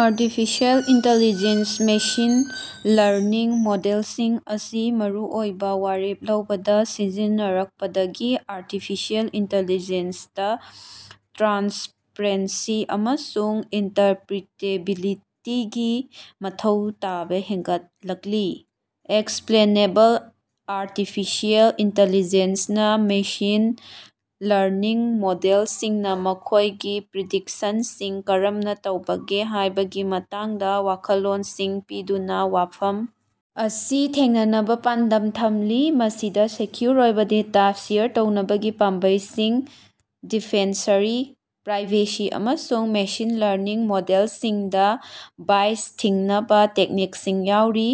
Artificial intelligence machine learning ꯃꯣꯗꯦꯜꯁꯤꯡ ꯑꯁꯤ ꯃꯔꯨꯑꯣꯏꯕꯥ ꯋꯥꯔꯦꯞ ꯂꯧꯕꯗꯥ ꯁꯤꯖꯤꯟꯅꯔꯛꯄꯗꯒꯤ ꯑꯥꯔꯇꯤꯐꯤꯁꯤꯑꯦꯜ ꯏꯟꯇꯤꯂꯤꯖ‌ꯦꯟꯁꯗꯥ ꯇ꯭ꯔꯥꯟꯁꯄꯔꯦꯟꯁꯤ ꯑꯃꯁꯨꯡ ꯏꯟꯇꯔꯄꯔꯤꯇꯦꯕꯤꯂꯤꯇꯤꯒꯤ ꯃꯊꯧ ꯇꯥꯕ ꯍꯦꯟꯒꯠꯂꯛꯂꯤ꯫ ꯑꯦꯛꯁꯄꯂꯦꯅꯦꯕꯜ ꯑꯥꯔꯇꯤꯐꯤꯁꯤꯑꯦꯜ ꯏꯟꯇꯤꯂꯤꯖ‌ꯦꯟꯁꯅꯥ ꯃꯦꯁꯤꯟ ꯂꯔꯅꯤꯡ ꯃꯣꯗꯦꯜꯁꯤꯡꯅꯥ ꯃꯈꯣꯏꯒꯤ ꯄ꯭ꯔꯤꯗꯤꯛꯁꯟꯁꯤꯡ ꯀꯔꯝꯅꯥ ꯇꯧꯕꯒꯦ ꯍꯥꯏꯕꯒꯤ ꯃꯇꯥꯡꯗꯥ ꯋꯥꯈꯜꯂꯣꯟꯁꯤꯡ ꯄꯤꯗꯨꯅꯥ ꯋꯥꯐꯝ ꯑꯁꯤ ꯊꯦꯡꯅꯅꯕꯥ ꯄꯥꯟꯗꯝ ꯊꯝꯂꯤ꯫ ꯃꯁꯤꯗꯥ ꯁꯦꯛꯌꯨꯔ ꯑꯣꯏꯕꯥ ꯗꯦꯇꯥ ꯁꯦꯌꯔ ꯇꯧꯅꯕꯒꯤ ꯄꯥꯝꯕꯩꯁꯤꯡ, ꯗꯤꯐꯦꯟꯁꯔꯤ ꯄ꯭ꯔꯥꯏꯚꯦꯁꯤ, ꯑꯃꯁꯨꯡ ꯃꯦꯁꯤꯟ ꯂꯔꯅꯤꯡ ꯃꯣꯗꯦꯜꯁꯤꯡꯗꯥ ꯕꯥꯏꯁ ꯊꯤꯡꯅꯕ ꯇꯦꯛꯅꯤꯛꯁꯤꯡ ꯌꯥꯎꯔꯤ꯫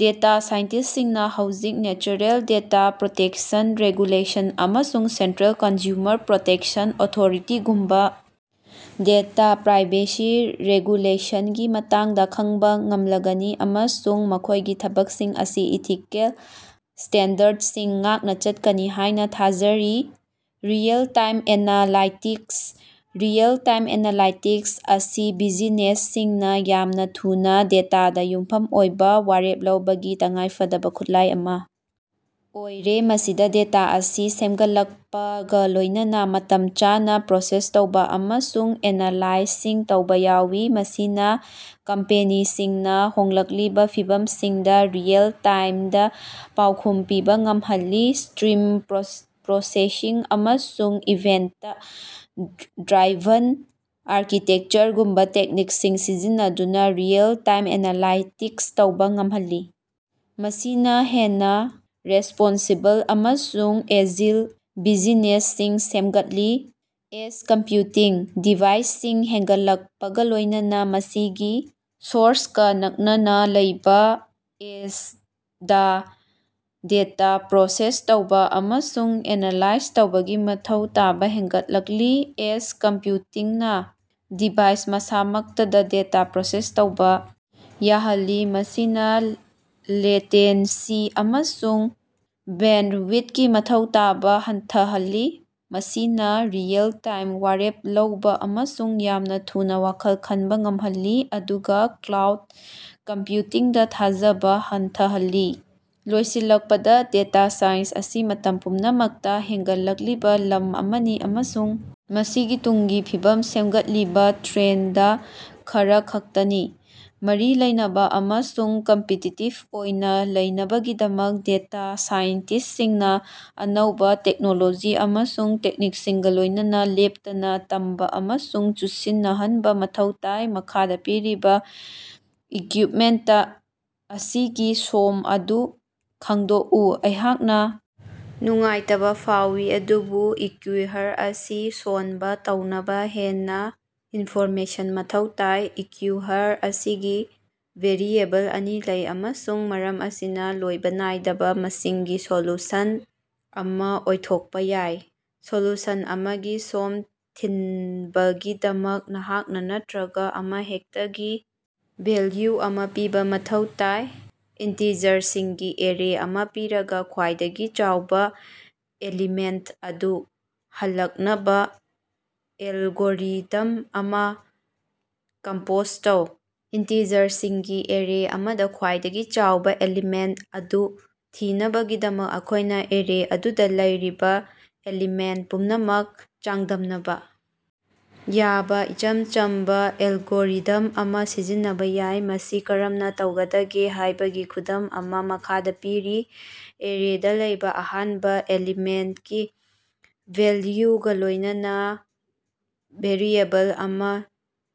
ꯗꯦꯇꯥ ꯁꯥꯏꯟꯇꯤꯁ꯭ꯇꯁꯤꯡꯅ ꯍꯧꯖꯤꯛ ꯖ‌ꯦꯅꯔ‌ꯦꯜ ꯗꯝꯦꯇꯥ ꯄꯔ‌ꯣꯇ‌ꯦꯛꯁꯟ ꯔ‌ꯦꯒꯨꯂ‌ꯦꯁꯟ ꯑꯃꯁꯨꯡ ꯁ‌ꯦꯟꯇꯔ‌ꯦꯜ ꯀꯟꯖꯌꯨꯃꯔ ꯄꯔ‌ꯣꯇ‌ꯦꯛꯁꯟ ꯑꯣꯊ‌ꯣꯔꯤꯇꯤꯒꯨꯝꯕꯥ ꯗꯦꯇꯥ ꯄ꯭ꯔꯥꯏꯕꯦꯁꯤ ꯔꯦꯒꯨꯂꯦꯁꯟꯁꯤꯡꯒꯤ ꯃꯇꯥꯡꯗꯥ ꯈꯪꯕꯥ ꯉꯝꯂꯒꯅꯤ, ꯑꯃꯁꯨꯡ ꯃꯈꯣꯏꯒꯤ ꯊꯕꯛꯁꯤꯡ ꯑꯁꯤ ꯏꯊꯤꯀꯦꯜ ꯁ꯭ꯇꯦꯟꯗꯔꯗꯁꯤꯡ ꯉꯥꯛꯅ ꯆꯠꯀꯅꯤ ꯍꯥꯏꯅꯥ ꯊꯥꯖꯔꯤ꯫ ꯔꯤꯑꯦꯜ-ꯇꯥꯏꯝ ꯑꯦꯅꯥꯂꯥꯏꯇꯤꯛꯁ: ꯔꯤꯑꯦꯜ-ꯇꯥꯏꯝ ꯑꯦꯅꯥꯂꯥꯏꯇꯤꯛꯁ ꯑꯁꯤ ꯕꯤꯖꯤꯅꯦꯁꯁꯤꯡꯅꯥ ꯌꯥꯝꯅꯥ ꯊꯨꯅꯥ, ꯗꯦꯇꯥꯗ ꯌꯨꯝꯐꯝ ꯑꯣꯏꯕ ꯋꯥꯔꯦꯞ ꯂꯧꯕꯒꯤ ꯇꯉꯥꯏ ꯐꯗꯕ ꯈꯨꯠꯂꯥꯏ ꯑꯃꯥ ꯑꯣꯏꯔꯦ꯫ ꯃꯁꯤꯗ ꯗꯦꯇꯥ ꯑꯁꯤ ꯁꯦꯝꯒꯠꯂꯛꯄꯒ ꯂꯣꯏꯅꯅꯥ ꯃꯇꯝ ꯆꯥꯅꯥ ꯄ꯭ꯔꯣꯁꯦꯁ ꯇꯧꯕ ꯑꯃꯁꯨꯡ ꯑꯦꯅꯥꯂꯥꯏꯁꯤꯁ ꯇꯧꯕ ꯌꯥꯎꯏ, ꯃꯁꯤꯅ ꯀꯝꯄꯦꯅꯤꯁꯤꯡꯅ ꯍꯣꯡꯂꯛꯂꯤꯕ ꯐꯤꯚꯝꯁꯤꯡꯗ ꯔꯤꯑꯦꯜ-ꯇꯥꯏꯝꯗ ꯄꯥꯎꯈꯨꯝ ꯄꯤꯕ ꯉꯝꯍꯜꯂꯤ꯫ ꯁ꯭ꯇꯔꯤꯝ ꯄ꯭ꯔꯣꯁꯦꯁꯤꯡ ꯑꯃꯁꯨꯡ ꯏꯚꯦꯟꯇ-ꯗ꯭ꯔꯥꯏꯚꯟ ꯑꯥꯔꯀꯤꯇꯦꯛꯆꯔꯒꯨꯝꯕꯥ ꯇꯦꯛꯅꯤꯛꯁꯤꯡ ꯁꯤꯖꯤꯟꯅꯗꯨꯅ ꯔꯤꯑꯦꯜ-ꯇꯥꯏꯝ ꯑꯦꯅꯥꯂꯥꯏꯇꯤꯛꯁ ꯇꯧꯕꯥ ꯉꯝꯍꯜꯂꯤ, ꯃꯁꯤꯅꯥ ꯍꯦꯟꯅꯥ ꯔꯦꯁ꯭ꯄꯣꯟꯁꯤꯕꯜ ꯑꯃꯁꯨꯡ ꯑꯦꯖꯤꯜ ꯕꯤꯖꯤꯅꯦꯁꯁꯤꯡ ꯁꯦꯝꯒꯠꯂꯤ꯫ ꯑꯦꯖ ꯀꯝꯄꯌꯨꯇꯤꯡ: ꯗꯤꯚꯥꯏꯁꯁꯤꯡ ꯍꯦꯟꯒꯠꯂꯛꯄꯒꯥ ꯂꯣꯏꯅꯅꯥ, ꯃꯁꯤꯒꯤ ꯁꯣꯔꯁꯀ ꯅꯛꯅꯅꯥ ꯂꯩꯕ ꯑꯦꯖꯗꯥ ꯗꯦꯇꯥ ꯄ꯭ꯔꯣꯁꯦꯁ ꯇꯧꯕꯥ ꯑꯃꯁꯨꯡ ꯑꯦꯅꯥꯂꯥꯏꯖ ꯇꯧꯕꯒꯤ ꯃꯊꯧ ꯇꯥꯕꯥ ꯍꯦꯟꯒꯠꯂꯛꯂꯤ꯫ ꯑꯦꯖ ꯀꯝꯄꯌꯨꯇꯤꯡꯅꯥ ꯗꯤꯚꯥꯏꯁ ꯃꯁꯥꯃꯛꯇꯗ ꯗꯦꯇꯥ ꯄ꯭ꯔꯣꯁꯦꯁ ꯇꯧꯕꯥ ꯌꯥꯍꯜꯂꯤ, ꯃꯁꯤꯅꯥ ꯂꯦꯇꯦꯟꯁꯤ ꯑꯃꯁꯨꯡ ꯕꯦꯟꯗꯋꯤꯊꯀꯤ ꯃꯊꯧ ꯇꯥꯕꯥ ꯍꯟꯊꯍꯜꯂꯤ꯫ ꯃꯁꯤꯅꯥ ꯔꯤꯑꯦꯜ-ꯇꯥꯏꯝ ꯋꯥꯔꯦꯞ ꯂꯧꯕꯥ ꯑꯃꯁꯨꯡ ꯌꯥꯝꯅꯥ ꯊꯨꯅꯥ ꯋꯥꯈꯜ ꯈꯟꯕ ꯉꯝꯍꯜꯂꯤ, ꯑꯗꯨꯒ ꯀ꯭ꯂꯥꯎꯗ ꯀꯝꯄꯌꯨꯇꯤꯡꯗꯥ ꯊꯥꯖꯕꯥ ꯍꯟꯊꯍꯜꯂꯤ꯫ ꯂꯣꯏꯁꯤꯜꯂꯛꯄꯗꯥ, ꯗꯦꯇꯥ ꯁꯥꯏꯟꯁ ꯑꯁꯤ ꯃꯇꯝ ꯄꯨꯝꯅꯃꯛꯇꯥ ꯍꯦꯟꯒꯠꯂꯛꯂꯤꯕꯥ ꯂꯝ ꯑꯃꯅꯤ, ꯑꯃꯁꯨꯡ ꯃꯁꯤꯒꯤ ꯇꯨꯡꯒꯤ ꯐꯤꯕꯝ ꯁꯦꯝꯒꯠꯂꯤꯕꯥ ꯇ꯭ꯔꯦꯟꯗ ꯈꯔꯈꯛꯇꯅꯤ꯫ ꯃꯔꯤ ꯂꯩꯅꯕꯥ ꯑꯃꯁꯨꯡ ꯀꯝꯄꯤꯇꯤꯇꯤꯕ ꯑꯣꯏꯅ ꯂꯩꯅꯕꯒꯤꯗꯃꯛ ꯗꯦꯇꯥ ꯁꯥꯏꯟꯇꯤꯁ꯭ꯇꯁꯤꯡꯅꯥ ꯑꯅꯧꯕ ꯇꯦꯛꯅꯣꯂꯣꯖꯤ ꯑꯃꯁꯨꯡ ꯇꯦꯛꯅꯤꯛꯁꯤꯡꯒꯥ ꯂꯣꯏꯅꯅꯥ ꯂꯦꯞꯇꯅ ꯇꯝꯕꯥ ꯑꯃꯁꯨꯡ ꯆꯨꯁꯤꯟꯅꯍꯟꯕ ꯃꯊꯧ ꯇꯥꯏ꯫ ꯃꯈꯥꯗꯥ ꯄꯤꯔꯤꯕꯥ ꯏꯀꯌꯨꯏꯞꯃꯦꯟꯇ ꯑꯁꯤꯒꯤ ꯁꯣꯝ ꯑꯗꯨ ꯈꯪꯗꯣꯛꯎ꯫ ꯑꯩꯍꯥꯛꯅ ꯅꯨꯡꯉꯥꯏꯇꯕ ꯐꯥꯎꯏ, ꯑꯗꯨꯕꯨ ꯏꯀꯌꯨꯏꯌꯔ ꯑꯁꯤ ꯁꯣꯜꯕ ꯇꯧꯅꯕ ꯍꯦꯟꯅ ꯏꯟꯐꯣꯔꯃꯦꯁꯟ ꯃꯊꯧ ꯇꯥꯏ꯫ ꯏꯀꯌꯨꯏꯌꯔ ꯑꯁꯤꯒꯤ ꯚꯦꯔꯤꯑꯦꯕꯜ ꯑꯅꯤ ꯂꯩ, ꯑꯃꯁꯨꯡ ꯃꯔꯝ ꯑꯁꯤꯅꯥ ꯂꯣꯏꯕ ꯅꯥꯏꯗꯕ ꯃꯁꯤꯡꯒꯤ ꯁꯣꯂꯨꯁꯟ ꯑꯃꯥ ꯑꯣꯏꯊꯣꯛꯄꯥ ꯌꯥꯏ꯫ ꯁꯣꯂꯨꯁꯟ ꯑꯃꯒꯤ ꯁꯣꯝ ꯊꯤꯟꯕꯒꯤꯗꯃꯛ, ꯅꯍꯥꯛꯅ ꯅꯠꯇꯔꯒ ꯑꯃꯍꯦꯛꯇꯒꯤ ꯚꯦꯜꯌꯨ ꯑꯃꯥ ꯄꯤꯕꯥ ꯃꯊꯧ ꯇꯥꯏ꯫ ꯏꯟꯇꯤꯖꯔꯁꯤꯡꯒꯤ ꯑꯦꯔꯦ ꯑꯃꯥ ꯄꯤꯔꯒꯥ, ꯈ꯭ꯋꯥꯏꯗꯒꯤ ꯆꯥꯎꯕ ꯑꯦꯂꯤꯃꯦꯟꯠ ꯑꯗꯨ ꯍꯜꯂꯛꯅꯕ ꯑꯦꯜꯒꯣꯔꯤꯊꯝ ꯑꯃꯥ ꯀꯝꯄꯣꯖ ꯇꯧ꯫ ꯏꯟꯇꯤꯖꯔꯁꯤꯡꯒꯤ ꯑꯦꯔꯦ ꯑꯃꯗꯥ ꯈ꯭ꯋꯥꯏꯗꯒꯤ ꯆꯥꯎꯕ ꯑꯦꯂꯤꯃꯦꯟꯇ ꯑꯗꯨ ꯊꯤꯅꯕꯒꯤꯗꯃꯛ ꯑꯩꯈꯣꯏꯅꯥ ꯑꯦꯔꯦ ꯑꯗꯨꯗ ꯂꯩꯔꯤꯕꯥ ꯑꯦꯂꯤꯃꯦꯟꯇ ꯄꯨꯝꯅꯃꯛ ꯆꯥꯡꯗꯝꯅꯕꯥ ꯌꯥꯕꯥ ꯏꯆꯝ ꯆꯝꯕꯥ ꯑꯦꯜꯒꯣꯔꯤꯊꯝ ꯑꯃꯥ ꯁꯤꯖꯤꯟꯅꯕꯥ ꯌꯥꯏ꯫ ꯃꯁꯤ ꯀꯔꯝꯅꯥ ꯇꯧꯒꯗꯒꯦ ꯍꯥꯏꯕꯒꯤ ꯈꯨꯗꯝ ꯑꯃꯥ ꯃꯈꯥꯗ ꯄꯤꯔꯤ: ꯑꯦꯔꯦꯗ ꯂꯩꯕ ꯑꯍꯥꯟꯕ ꯑꯦꯂꯤꯃꯦꯟꯇꯀꯤ ꯚꯦꯜꯌꯨꯒ ꯂꯣꯏꯅꯅꯥ ꯚꯦꯔꯤꯑꯦꯕꯜ ꯑꯃ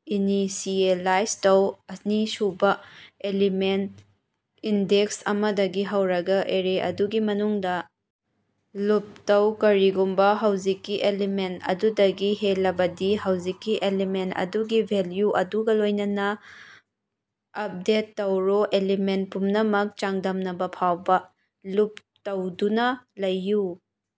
ꯏꯅꯤꯁꯤꯑꯦꯂꯥꯏꯖ ꯇꯧ꯫ ꯑꯅꯤꯁꯨꯕ ꯑꯦꯂꯤꯃꯦꯟꯇ ꯏꯟꯗꯦꯛꯁ ꯑꯃꯗꯒꯤ ꯍꯧꯔꯒ ꯑꯦꯔꯦ ꯑꯗꯨꯒꯤ ꯃꯅꯨꯡꯗ ꯂꯨꯞ ꯇꯧ꯫ ꯀꯔꯤꯒꯨꯝꯕ ꯍꯧꯖꯤꯛꯀꯤ ꯑꯦꯂꯤꯃꯦꯟꯇ ꯑꯗꯨ ꯗꯒꯤ ꯍꯦꯜꯂꯕꯗꯤ, ꯍꯧꯖꯤꯛꯀꯤ ꯑꯦꯂꯤꯃꯦꯟꯇ ꯑꯗꯨꯒꯤ ꯚꯦꯜꯌꯨ ꯑꯗꯨꯒꯥ ꯂꯣꯏꯅꯅꯥ ꯑꯞꯗꯦꯠ ꯇꯧꯔꯣ ꯑꯦꯂꯤꯃꯦꯟꯇ ꯄꯨꯝꯅꯃꯛ ꯆꯥꯡꯗꯝꯅꯕꯥ ꯐꯥꯎꯕ ꯂꯨꯞ ꯇꯧꯗꯨꯅꯥ ꯂꯩꯌꯨ꯫